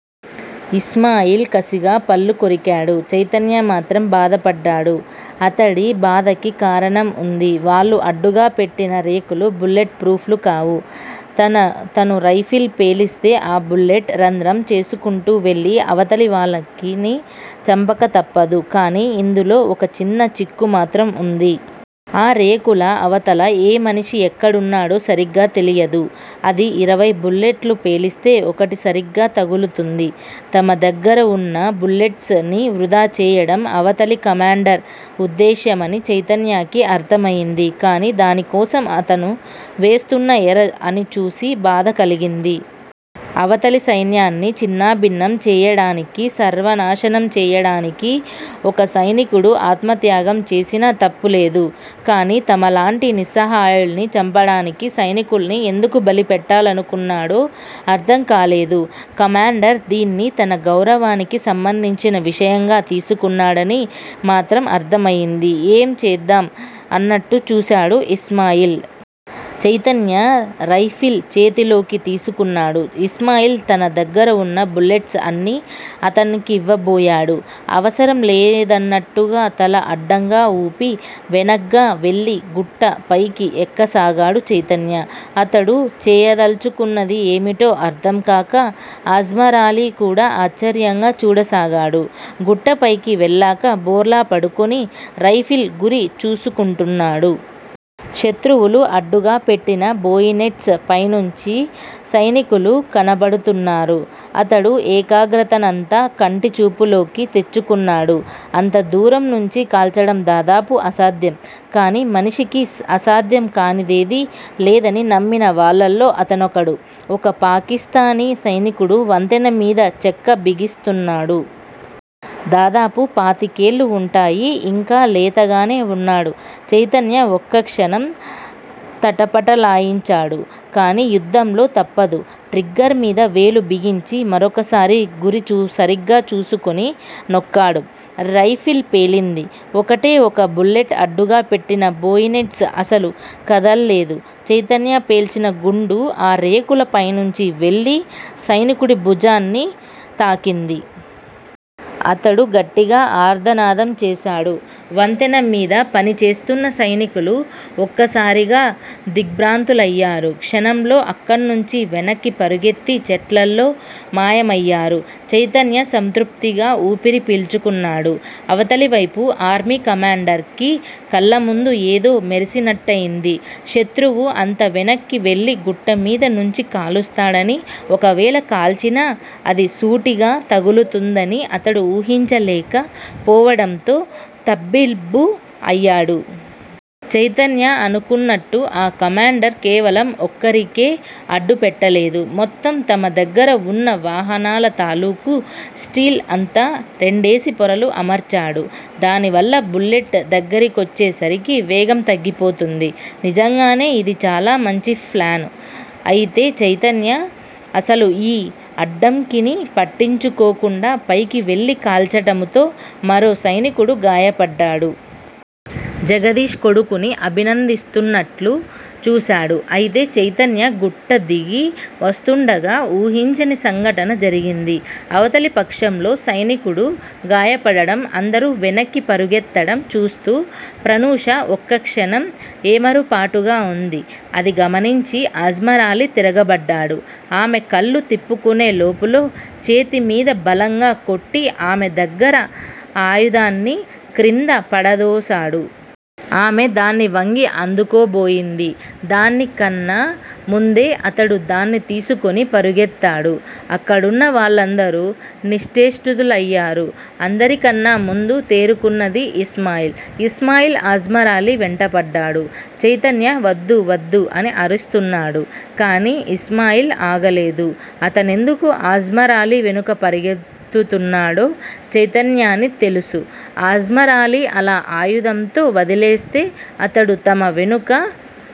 ఇస్మాయిల్ కసిగా పళ్ళు కొరికాడు. చైతన్య మాత్రం బాధపడ్డాడు. అతడి బాధకి కారణం వుంది. వాళ్ళు అడ్డుగా పెట్టిన రేకులు, బుల్లెట్ ఫ్రూఫ్ లు కావు. తను రైఫిల్ పేలిస్తే ఆ బుల్లెట్ రంధ్రం చేసుకుంటూ వెళ్ళి అవతలి వాళ్ళని చంపక తప్పదు. కానీ ఇందులో ఒక చిన్న చిక్కు మాత్రం వుంది. ఆ రేకుల అవతల ఏ మనిషి ఎక్కడున్నాడో సరిగ్గా తెలియదు. అది ఇరవై బుల్లెట్లు పేలిస్తే ఒకటి సరీగ్గా తగులుతుంది. తమ దగ్గరవున్న బుల్లెట్స్ ని వృధాచేయటం అవతలి కమాండర్ ఉద్దేశ్యమని చైతన్యకి అర్ధమైంది. కానీ దానికోసం అతను వేస్తున్న ఎర అని చూసి బాధ కలిగింది. అవతలి సైన్యాన్ని ఛిన్నాభిన్నం చేయడానికి, సర్వనాశనం చేయడానికీ ఒక సైనికుడు ఆత్మత్యాగం చేసినా తప్పులేదు. కానీ తమలాంటి నిస్సహాయుల్ని చంపడానికి సైనుకుల్ని ఎందుకు బలి పెట్టాలనుకున్నాడో అర్ధంకాలేదు. కమాండర్ దీన్ని తన గౌరవానికి సంబంధించిన విషయంగా తీసుకున్నాడని మాత్రం అర్ధం అయింది. ఏం చేద్దాం అన్నట్టు చూశాడు ఇస్మాయిల్. చైతన్య రైఫిల్ చేతిలోకి తీసుకున్నాడు. ఇస్మాయిల్ తన దగ్గరవున్న బుల్లెట్స్ అన్నీ అతనికివ్వబోయాడు. అవసరం లేదన్నట్టుగ తల అడ్డంగా వూపి, వెనగ్గా వెళ్ళి గుట్ట పైకి ఎక్కసాగాడు చైతన్య. అతడు చేయదల్చుకున్నది ఏమిటో అర్ధంకాక అజ్మరాలీ కూడా ఆశ్చర్యంగా చూడసాగాడు. గుట్టపైకి వెళ్ళాక బోర్లా పడుకుని, రైఫిల్ గురి చూసుకున్నాడు. శత్రువులు అడ్డుగా పెట్టిన బోయినెట్స్ పైనుంచి సైనికులు కనపడుతున్నారు. అతడు ఏకాగ్రతనంతా కంటి చూపులోకి తెచ్చుకున్నాడు. అంత దూరం నుంచి కాల్చడం దాదాపు అసాధ్యం. కానీ మనిషికి అసాధ్యం కానిదేదీ లేదని నమ్మిన వాళ్ళల్లో అతనొకడు. ఒక పాకిస్తానీ సైనికుడు వంతెన మీద చెక్క బిగిస్తున్నాడు. దాదాపు పాతికేళ్ళు వుంటాయి. ఇంకా లేతగానే వున్నాడు. చైతన్య ఒక్కక్షణం తటపటాలయించాడు. కానీ యుద్ధంలో తప్పదు. ట్రిగ్గర్ మీద వేలు బిగించి. మరొకసారి గురి సరిగ్గా చూసుకుని నొక్కాడు. రైఫిల్ పేలింది. ఒకటే ఒక బుల్లెట్ అడ్డుగా పెట్టిన బోయినెట్స్ అసలు కదల్లేదు. చైతన్య పేల్చిన గుండు ఆ రేకుల పైనుంచి వెళ్ళి సైనికుడి భుజాన్ని తాకింది. అతడు గట్టిగా ఆర్తనాదం చేశాడు. వంతెన మీద పని చేస్తున్న సైనికులు ఒక్కసారిగా దిగ్భ్రాంతులయ్యారు. క్షణంలో అక్కణ్ణుంచి వెనక్కి పరుగెత్తి చెట్లలో మాయమయ్యారు. చైతన్య సంతృప్తిగా ఊపిరి పీల్చుకున్నాడు. అవతలివైపు ఆర్మీ కమాండర్ కి కళ్ళముందు ఏదో మెరిసినట్టయింది. శత్రువు అంత వెనక్కి వెళ్ళి గుట్ట మీద నుంచి కాలుస్తాడనీ, ఒకవేళ కాల్చినా అది సూటిగా తగులుతుందనీ అతడు ఊహించలేక పోవటంతో తబ్బిబ్బు అయ్యాడు. చైతన్య అనుకున్నట్టు ఆ కమాండర్ కేవలం ఒక్క రికే అడ్డు పెట్టలేదు. మొత్తం తమ దగ్గర వున్న వాహనాల తాలూకు స్టీల్ అంతా రెండేసి పొరలు అమర్చాడు. దానివల్ల బుల్లెట్ దగ్గరికొచ్చే సరికి వేగం తగ్గిపోతుంది. నిజంగానే ఇది చాలా మంచి ప్లాన్. అయితే చైతన్య అసలు ఈ అడ్డంకిని పట్టించుకోకుండా పైకి వెళ్ళి కాల్చటముతో మరో సైనికుడు గాయపడ్డాడు. జగదీష్ కొడుకుని అభినందిస్తున్నట్లు చూశాడు. అయితే చైతన్య గుట్ట దిగి వస్తూండగా ఊహించని సంఘటన జరిగింది. అవతలి పక్షంలో సైనికుడు గాయపడటం, అందరూ వెనక్కి పరుగెత్తటం చూస్తూ ప్రనూష ఒక్కక్షణం ఏమరుపాటుగా వుంది. అది గమనించి అజ్మరాలీ తిరగబడ్డాడు. ఆమె కళ్ళు తిప్పుకునే లోపులో, చేతి మీద బలంగా కొట్టి ఆమె దగ్గిర ఆయుధాన్ని క్రింద పడదోసాడు. ఆమె దాన్ని వంగి అందుకోబోయింది. దాని కన్నా ముందే అతడు దాన్ని తీసుకుని పరుగెత్తాడు. అక్కడున్న వాళ్ళందరూ నిశ్చేష్టులయ్యారు. అందరికన్నా ముందు తేరుకున్నది ఇస్మాయిల్. ఇస్మాయిల్, అజ్మరాలీ వెంటపడ్డాడు. చైతన్య వద్దు-వద్దు అని అరుస్తున్నాడు. కానీ ఇస్మాయిల్ ఆగలేదు. అతనెందుకు అజ్మరాలీ వెనుక పరుగెత్తుతున్నాడో చైతన్యని తెలుసు. అజ్మరాలీ అలా ఆయుధంతో వదిలేస్తే అతడు తమ వెనుక